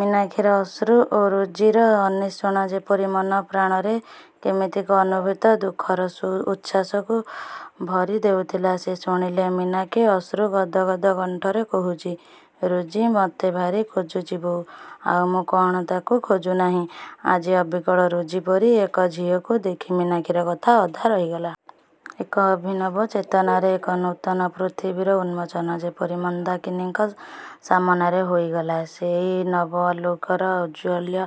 ମୀନାକ୍ଷୀର ଅଶ୍ରୁ ଓ ରୋଜିର ଅନ୍ୱେଷଣ ଯେପରି ମନପ୍ରାଣରେ କେମିତି ଏକ ଅନୁଭୂତ ଦୁଃଖର ଉଚ୍ଛ୍ୱାସକୁ ଭରି ଦେଉଥିଲା। ସେ ଶୁଣିଲେ, ମୀନାକ୍ଷୀ ଅଶ୍ରୁ ଗଦଗଦ କଣ୍ଠରେ କହୁଚି ରୋଜି ମତେ ଭାରୀ ଖୋଜୁଚି ବୋଉ। ଆଉ ମୁଁ କଣ ତାକୁ ଖୋଜୁନାହିଁ? ଆଜି ଅବିକଳ ରୋଜି ପରି ଏକ ଝିଅକୁ ଦେଖି ମୀନାକ୍ଷୀର କଥା ଅଧା ରହିଗଲା । ଏକ ଅଭିନବ ଚେତନାରେ ଏକ ନୂତନ ପୃଥିବୀର ଉନ୍ମୋଚନ ଯେପରି ମନ୍ଦାକିନୀଙ୍କ ସାମନାରେ ହୋଇଗଲା। ସେଇ ନବ ଆଲୋକର ଔଜ୍ଜ୍ୱଲ୍ୟ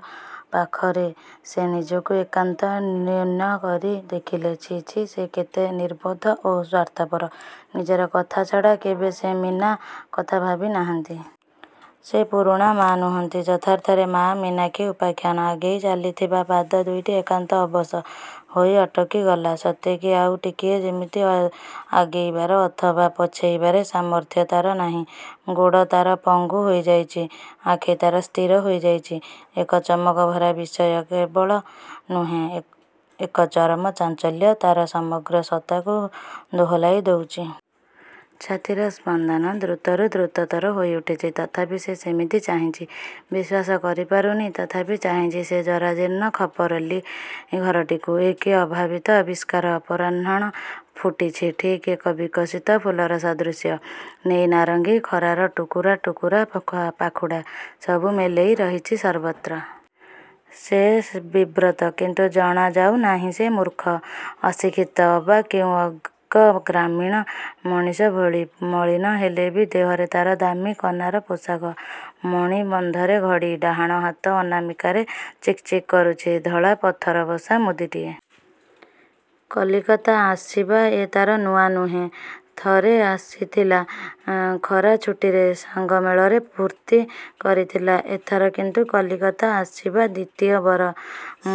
ପାଖରେ ସେ ନିଜକୁ ଏକାନ୍ତ ନ୍ୟୁନ କରି ଦେଖିଲେ, ଛିଃ ଛିଃ ସେ କେତେ ନିର୍ବୋଧ ଓ ସ୍ୱାର୍ଥପର। ନିଜର କଥା ଛଡ଼ା କେବେ ସେ ମୀନା କଥା ଭାବି ନାହାନ୍ତି। ସେ ପୁରୁଣା ମା ନୁହଁନ୍ତି ଯଥାର୍ଥରେ ମାଆ ମୀନାକ୍ଷୀ। ଉପାଖ୍ୟାନ ଆଗେଇ ଚାଲିଥିବା ପାଦ ଦୁଇଟି ଏକାନ୍ତ ଅବଶ ହୋଇ ଅଟକିଗଲା ସତେ କି ଆଉ ଟିକିଏ ଯେମିତି ଆଗେଇବାର ଅଥବା ପଛେଇବାରେ ସାମର୍ଥ୍ୟ ତାର ନାହିଁ। ଗୋଡ଼ ତାର ପଙ୍ଗୁ ହୋଇଯାଇଚି, ଆଖି ତାର ସ୍ଥିର ହୋଇଯାଇଚି, ଏକ ଚମକଭରା ବିସୟ କେବଳ ନୁହେଁ, ଏକ ଚରମ ଚାଞ୍ଚଲ୍ୟ ତାର ସମଗ୍ର ସତ୍ତାକୁ ଦୋହଲାଇ ଦଉଚି। ଛାତିର ସ୍ପନ୍ଦନ ଦ୍ରୁତରୁ ଦ୍ରୁତତର ହୋଇଉଠୁଚି। ତଥାପି ସେ ସେମିତି ଚାହିଁଚି। ବିଶ୍ୱାସ କରିପାରୁନି, ତଥାପି ଚାହିଁଛି ସେହି ଜରାଜୀର୍ଣ୍ଣ ଖପରଲି ଘରଟିକୁ। ଏ କି ଅଭାବିତ ଆବିଷ୍କାର, ଅପରାହ୍ନଣ ଫୁଟିଛି। ଠିକ୍ ଏକ ବିକଶିତ ଫୁଲର ସାଦୃଶ୍ୟ ନେଇ ନାରଙ୍ଗୀ ଖରାର ଟୁକୁରା ଟୁକୁରା ପାଖୁଡ଼ା ସବୁ ମେଲେଇ ରହିଚି ସର୍ବତ୍ର । ସେ ବିବ୍ରତ, କିନ୍ତୁ ଜଣାଯାଉ ନାହିଁ ସେ ମୂର୍ଖ, ଅଶିକ୍ଷିତ ଅବା କେଉଁ ଏକ ଗ୍ରାମୀଣ ମଣିଷ ଭଳି। ମଳିନ ହେଲେ ବି ଦେହରେ ତାର ଦାମି କନାର ପୋଷାକ। ମଣିବନ୍ଧରେ ଘଡ଼ି, ଡାହାଣ ହାତ ଅନାମିକାରେ ଚିକ୍ ଚିକ୍ କରୁଛି ଧଳା ପଥରବସା ମୁଦିଟିଏ। କଲିକତା ଆସିବା ଏ ତାର ନୂଆ ନୁହେଁ। ଥରେ ଆସିଥିଲା ଖରାଛୁଟିରେ ,ସାଙ୍ଗମେଳରେ ଫୁର୍ତ୍ତି କରିଥିଲା। ଏଥର କିନ୍ତୁ କଲିକତା ଆସିବା ଦ୍ଵିତୀୟ ବାର।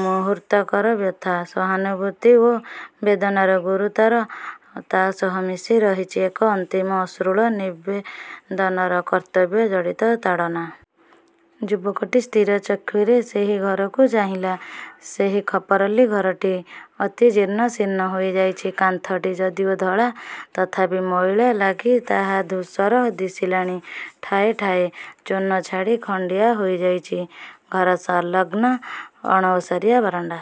ମୁହୂର୍ତ୍ତକର ବ୍ୟଥା, ସହାନୁଭୂତି ଓ ବେଦନାର ଗୁରୁତର। ତା ସହ ମିଶି ରହିଚି ଏକ ଅନ୍ତିମ ଅଶ୍ରୁଳ ନିବେଦନର କର୍ତ୍ତବ୍ୟଜଡ଼ିତ ତାଡ଼ନା। ଯୁବକଟି ସ୍ଥିରଚକ୍ଷୁରେ ସେହି ଘରକୁ ଚାହିଁଲା। ସେହି ଖପରଲି ଘରଟି ଅତିଜୀର୍ଣ୍ଣ, ଶୀର୍ଣ୍ଣ ହୋଇଯାଇଛି। କାନ୍ଥଟି ଯଦିଓ ଧଳା, ତଥାପି ମଇଳା ଲାଗି ତାହା ଧୂସର ଦିଶିଲାଣି, ଠାଏ ଠାଏ ଚୂନ ଛାଡ଼ି ଖଣ୍ଡିଆ ହୋଇ ଯାଇଚି। ଘରସଂଲଗ୍ନ ଅଣଓସାରିଆ ବାରଣ୍ଡା।